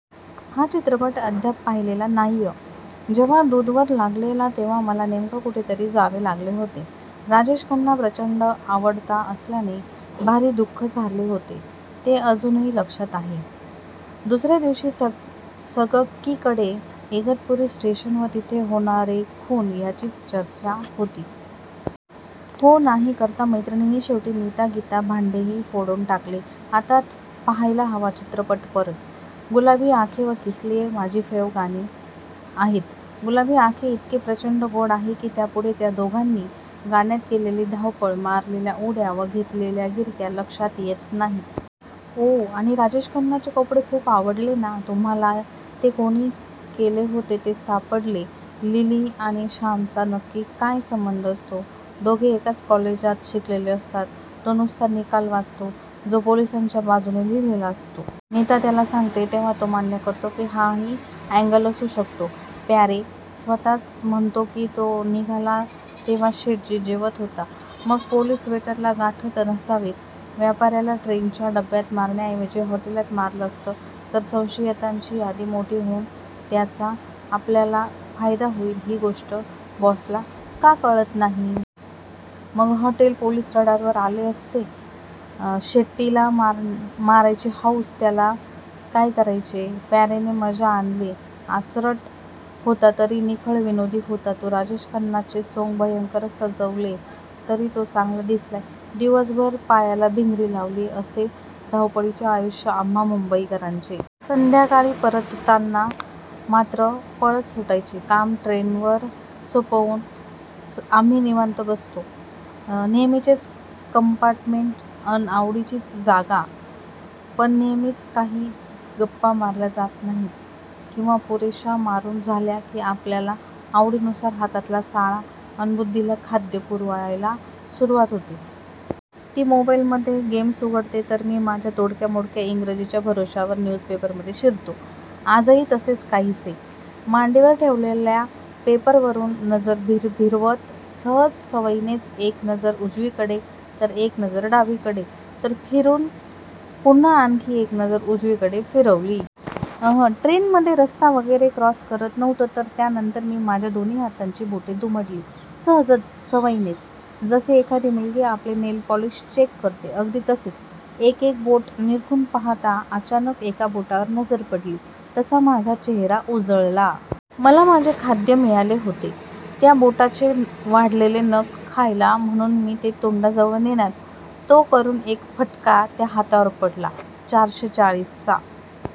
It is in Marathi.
हा चित्रपट अद्याप पाहिलेला नाहीय. जेव्हा दुदवर लागलेला तेव्हा मला नेमके कुठेतरी जावे लागले होते. राजेश खन्ना प्रचंड आवडता असल्याने भारी दुःख झाले होते हे अजूनही लक्षात आहे. दुसऱ्या दिवशी सगकीकडे इगतपुरी स्टेशन व तिथे होणारे खून यांचीच चर्चा होती. हो नाही करता मैत्रिणींनी शेवटी नीता गीता भांडेही फोडून टाकले. आता पाहायला हवा चित्रपट परत. गुलाबी अँखे व किसलीये माझी फेव गाणी आहेत. गुलाबी आंखे इतके प्रचंड गोड आहे की त्यापुढे त्या दोघांनी गाण्यात केलेली धावपळ, मारलेल्या उड्या व घेतलेल्या गिरक्या लक्षात येत नाहीत. ओ आणि राजेश खन्नाचे कपडे खुप आवडले ना तुम्हाला ते कोणी केले होते ते सापडले -लिली आणि श्यामचा नक्की काय संबंध असतो? "दोघे एकाच कॉलेजात शिकलेले असतात. तो नुसता निकाल वाचतो, जो पोलिसांच्या बाजूने लिहिलेला असतो. नीता त्याला सांगते तेव्हा तो मान्य करतो की हाही अँगल असु शकतो. प्यारे स्वतःच म्हणतो की तो निघाला तेव्हा शेटजी जेवत होता. मग पोलीस वेटरला गाठत नसावेत. व्यापार्याला ट्रेनच्या डब्यात मारण्याऐवजी हॉटेलात मारलं असतं तर संशयितांची यादी मोठी होऊन त्याचा आपल्याला फायदा होईल ही गोष्ट बॉसला का कळत नाही? मग हॉटेल पोलीस रडारवर आले असते. शेट्टी ला मारायची हौस, त्याला काय करायचे. प्यारेने मजा आणली. आचरट होता तरी निखळ विनोदी होता तो. राजेश खन्नाचे सोंग भयंकर सजवलेय. तरी तो चांगला दिसलाय. दिवसभर पायाला भिंगरी लावलीय, असे धावपळीचे आयुष्य आम्हा मुंबईकरांचे. संध्याकाळी परतताना मात्र पळत सुटायचे काम ट्रेनवर सोपवून आम्ही निवांत बसतो.. नेहमीचेच कंपार्टमेंट, अन आवडीचीच जागा, पण नेहमीच काही गप्पा मारल्या जात नाहीत किंवा पुरेश्या मारून झाल्या की आपापल्या आवडीनुसार हाताला चाळा अन बुद्धीला खाद्य पुरवायला सुरुवात होते. ती मोबाईल गेम्स उघडते, तर मी माझ्या तोडक्यामोडक्या ईंग्रजीच्या भरवश्यावर न्यूजपेपरमध्ये शिरतो. आजही तसेच काहीसे.. मांडीवर ठेवलेल्या पेपर वरून नजर भिरभिरवत सहज सवयीनेच एक नजर उजवीकडे तर एक नजर डावीकडे.. तर फिरून पुन्हा आणखी एक नजर उजवीकडे फिरवली.. अंह, ट्रेनमध्ये रस्ता वगैरे क्रॉस करत नव्हतो.. तर, त्यानंतर मी माझ्या दोन्ही हातांची बोटे दुमडली.. सहजच.. सवयीनेच.. जसे एखादी मुलगी आपले नेलपॉलिश चेक करते, अगदी तसेच.. एक एक बोट निरखून पाहता अचानक एका बोटावर नजर पडली तसा माझा चेहरा उजळला. मला माझे खाद्य मिळाले होते. त्या बोटाचे वाढलेले नख खायला म्हणून मी ते तोंडाजवळ नेणार, तो करून एक फटका त्या हातावर पडला.. चारशे चाळीसचा